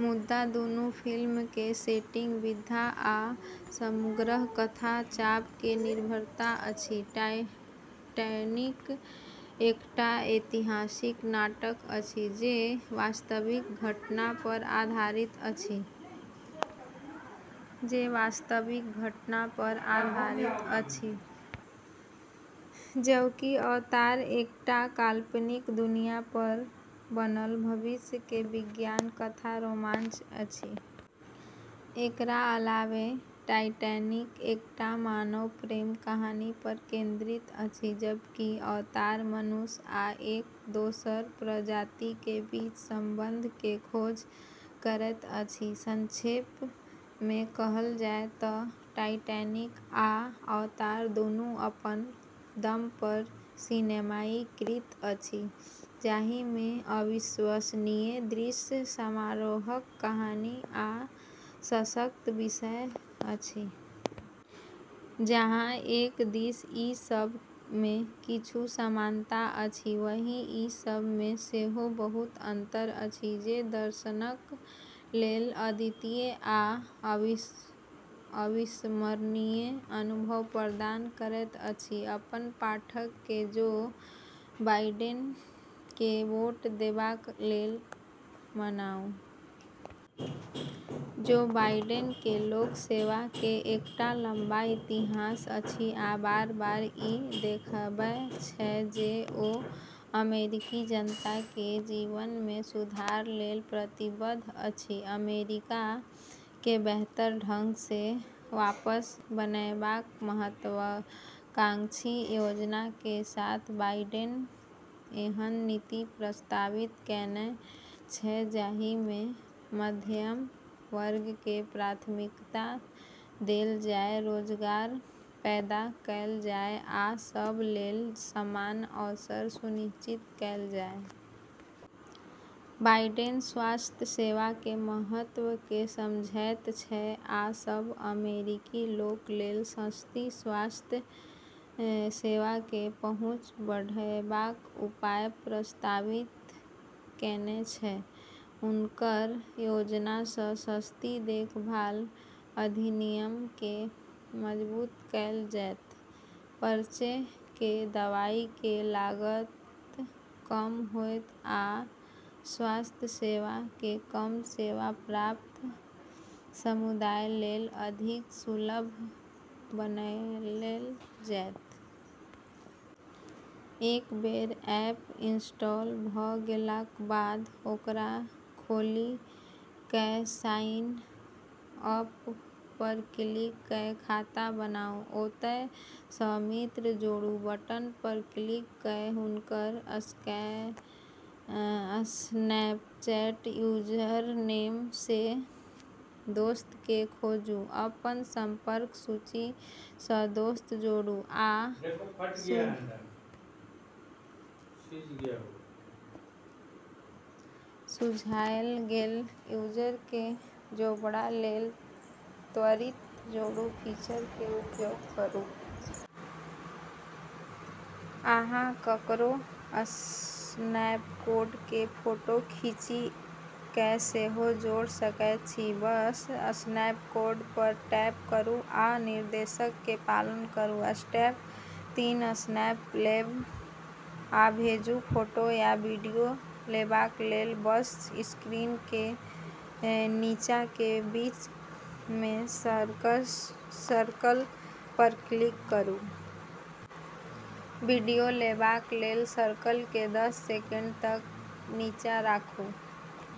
मुदा दुनू फिल्म के सेटिंग, विधा, आ समग्र कथा चाप मे भिन्नता अछि। टाइटैनिक एकटा ऐतिहासिक नाटक अछि जे वास्तविक घटना पर आधारित अछि, जबकि अवतार एकटा काल्पनिक दुनिया पर बनल भविष्य के विज्ञान कथा रोमांच अछि। एकरा अलावे टाइटैनिक एकटा मानव प्रेम कहानी पर केंद्रित अछि, जबकि अवतार मनुष्य आ एक दोसर प्रजाति के बीच संबंध के खोज करैत अछि। संक्षेप मे कहल जाय तँ टाइटैनिक आ अवतार दुनू अपन दम पर सिनेमाई कृति अछि, जाहि मे अविश्वसनीय दृश्य, सम्मोहक कहानी, आ सशक्त विषय अछि। जहाँ एक दिस ई सब मे किछु समानता अछि, वहीं ई सब मे सेहो बहुत अंतर अछि, जे दर्शक लेल अद्वितीय आ अविस्मरणीय अनुभव प्रदान करैत अछि। अपन पाठक के जो बाइडेन के वोट देबाक लेल मनाउ। जो बाइडेन के लोक सेवा के एकटा लम्बा इतिहास अछि आ बार-बार ई देखबै छै जे ओ अमेरिकी जनता के जीवन मे सुधार लेल प्रतिबद्ध अछि। अमेरिका के बेहतर ढंग सँ वापस बनएबाक महत्वाकांक्षी योजना के साथ बाइडेन एहन नीति प्रस्तावित केने छै जाहि मे मध्यम वर्ग के प्राथमिकता देल जाय, रोजगार पैदा कएल जाय आ सब लेल समान अवसर सुनिश्चित कएल जाय। बाइडेन स्वास्थ्य सेवा के महत्व के समझैत छै आ सब अमेरिकी लोक लेल सस्ती स्वास्थ्य सेवा के पहुँच बढ़एबाक उपाय प्रस्तावित केने छै। हुनकर योजना सँ सस्ती देखभाल अधिनियम के मजबूत कएल जैत, पर्चे के दवाई के लागत कम होयत, आ स्वास्थ्य सेवा के कम सेवा प्राप्त समुदाय लेल अधिक सुलभ बनएल जैत। एक बेर ऐप इंस्टॉल भ गेलाक बाद ओकरा खोलि कए साइन अप पर क्लिक कए खाता बनाउ। ओतय सँ मित्र जोड़ू बटन पर क्लिक कए हुनकर स्नैपचैट यूजरनेम सँ दोस्त के खोजू, अपन संपर्क सूची सँ दोस्त जोड़ू, या सुझाएल गेल यूजर के जोड़बा लेल त्वरित जोड़ू फीचर के उपयोग करू। अहाँ ककरो स्नैपकोड के फोटो खींचि कए सेहो जोड़ सकैत छी बस स्नैपकोड पर टैप करू आ निर्देशक के पालन करू। स्टेप तीन स्नैप लेब आ भेजू। फोटो या वीडियो लेबाक लेल बस स्क्रीन के नीचा के बीच मे सर्कल पर क्लिक करू। वीडियो लेबाक लेल सर्कल के दस सेकेंड तक नीचा राखू।